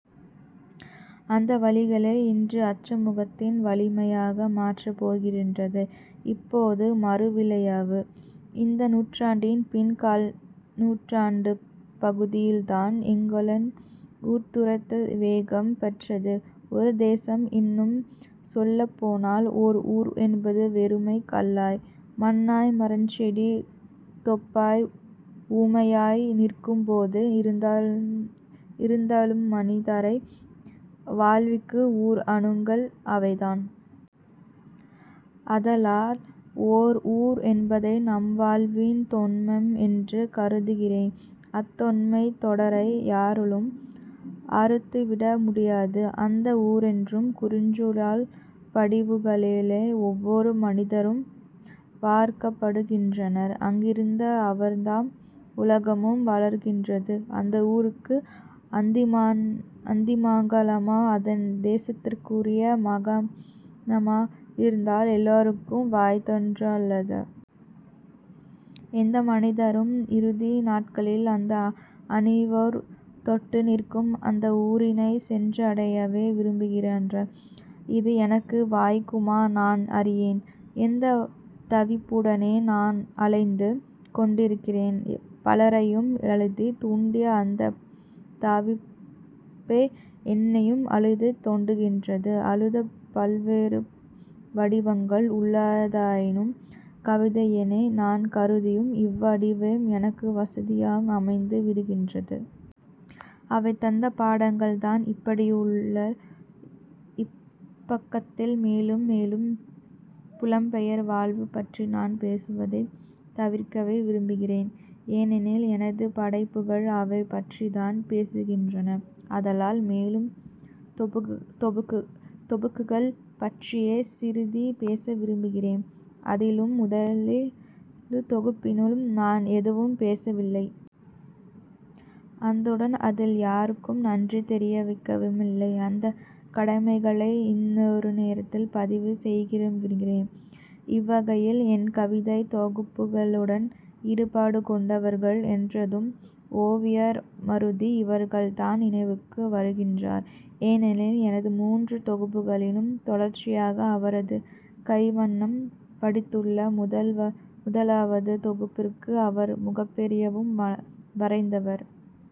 அந்த வலிகளே இன்று அச்சமூகத்தின் வலிமையாக மாற்றம்பொறுகின்றது என்பது மறு விளைவு. இந்த நூற்றாண்டின் பின் கால்நூற்றாண்டுப் பகுதியில்தான் எங்களின் ஊர்துறத்தல் வேகம் பெற்றது. ஒரு தேசம், இன்னும் சொல்லப்போனால் ஓர் ஊர் என்பது வெறுமே கல்லாய், மண்ணாய், மரஞ்செடி தொப்பாய், ஊமையாய் நிற்கும்போது இருந்தாலும்மனிதரை வாழ்விக்கும் உயிர் அணுக்கள் அவைதான். அதலால் ஓர் ஊர் என்பதை நம்வாழிவின் தொன்மம் என்றே கருதுகிறேன். அத்தொன்மை தொடரை யாராலும் அறுத்துவிட முடியாது. அந்த ஊரென்னும் குறுஞ்சூழல் படிவுகளிலேயே ஒவ்வொரு மனிதரும் வார்க்கப்படுகின்றனர். அங்கிருந்தே அவர்தம் உலகமும் வளர்கின்றது. அந்த ஊருக்கு அந்நியமாகாமல் அதன் நேசத்திற்குரிய மகனாக இருந்தால் எல்லோருக்கும் வாய்த்ததொன்றல்லது. எந்த மனிதரும் இறுதி நாட்களில் அந்த ணிவர் தொட்டு நிற்கும் அந்த ஊரினைச் சென்றடையவே விரும்புகின்றனர். இது எனக்கு வாய்க்குமா நான் அறியேன். இந்த தவிப்புடனேயே நான் அலைந்து கொண்டிருக்கிறேன் பலரையும் எழுதத் தூண்டிய அந்தத் தவிப்பே என்னையும் அழுதத் தூண்டுகின்றது. அழுத பல்வேறு வடிவங்கள் உள்ளதாயினும் கவிதையென நான் கருதும் இவ்வடிவமே எனக்கு வசதியாக அமைந்து விடுகின்றது. அவை தந்த பாடங்கள்தான் இப்படியுள்ள. இப்பக்கத்தில் மேலும் மேலும் புலம் பெயர் வாழ்வு பற்றி நான் பேசுவதைத் தவிர்க்கவே விரும்புகிறேன். ஏனெனில் எனது படைப்புகள் அவை பற்றித்தான் பேசுகின்றன. ஆதலால் மேலும் தொகுப்புகள் பற்றியே சிறிது பேச விரும்புகிறேன். அதிலும் முதலிரு தொகுப்பினிலும் நான் எதுவும் பேசவில்லை. அந்துடன் அதில் யாருக்கும் நன்றி தெரியவிக்கவுமில்லை. அந்தக் கடமைகளை இந்நேரத்தில் பதிவு செய்யவிரும்புகிறேன். அவ்வகையில் என் கவிதைத் தொகுப்புகளுடன் ஈடுபாடு கொண்டவர்கள் என்றதும் ஓவியர் மருது அவர்கள்தான் நினைவுக்கு வருகின்றார். ஏனெனில், எனது மூன்று தொகுப்புகளிலும் தொடர்ச்சியாக அவரது கைவண்ணம் படிந்துள்ளது. முதலாவது தொகுப்பிற்கு அவர் முகப்போவியம் வரைந்தவர்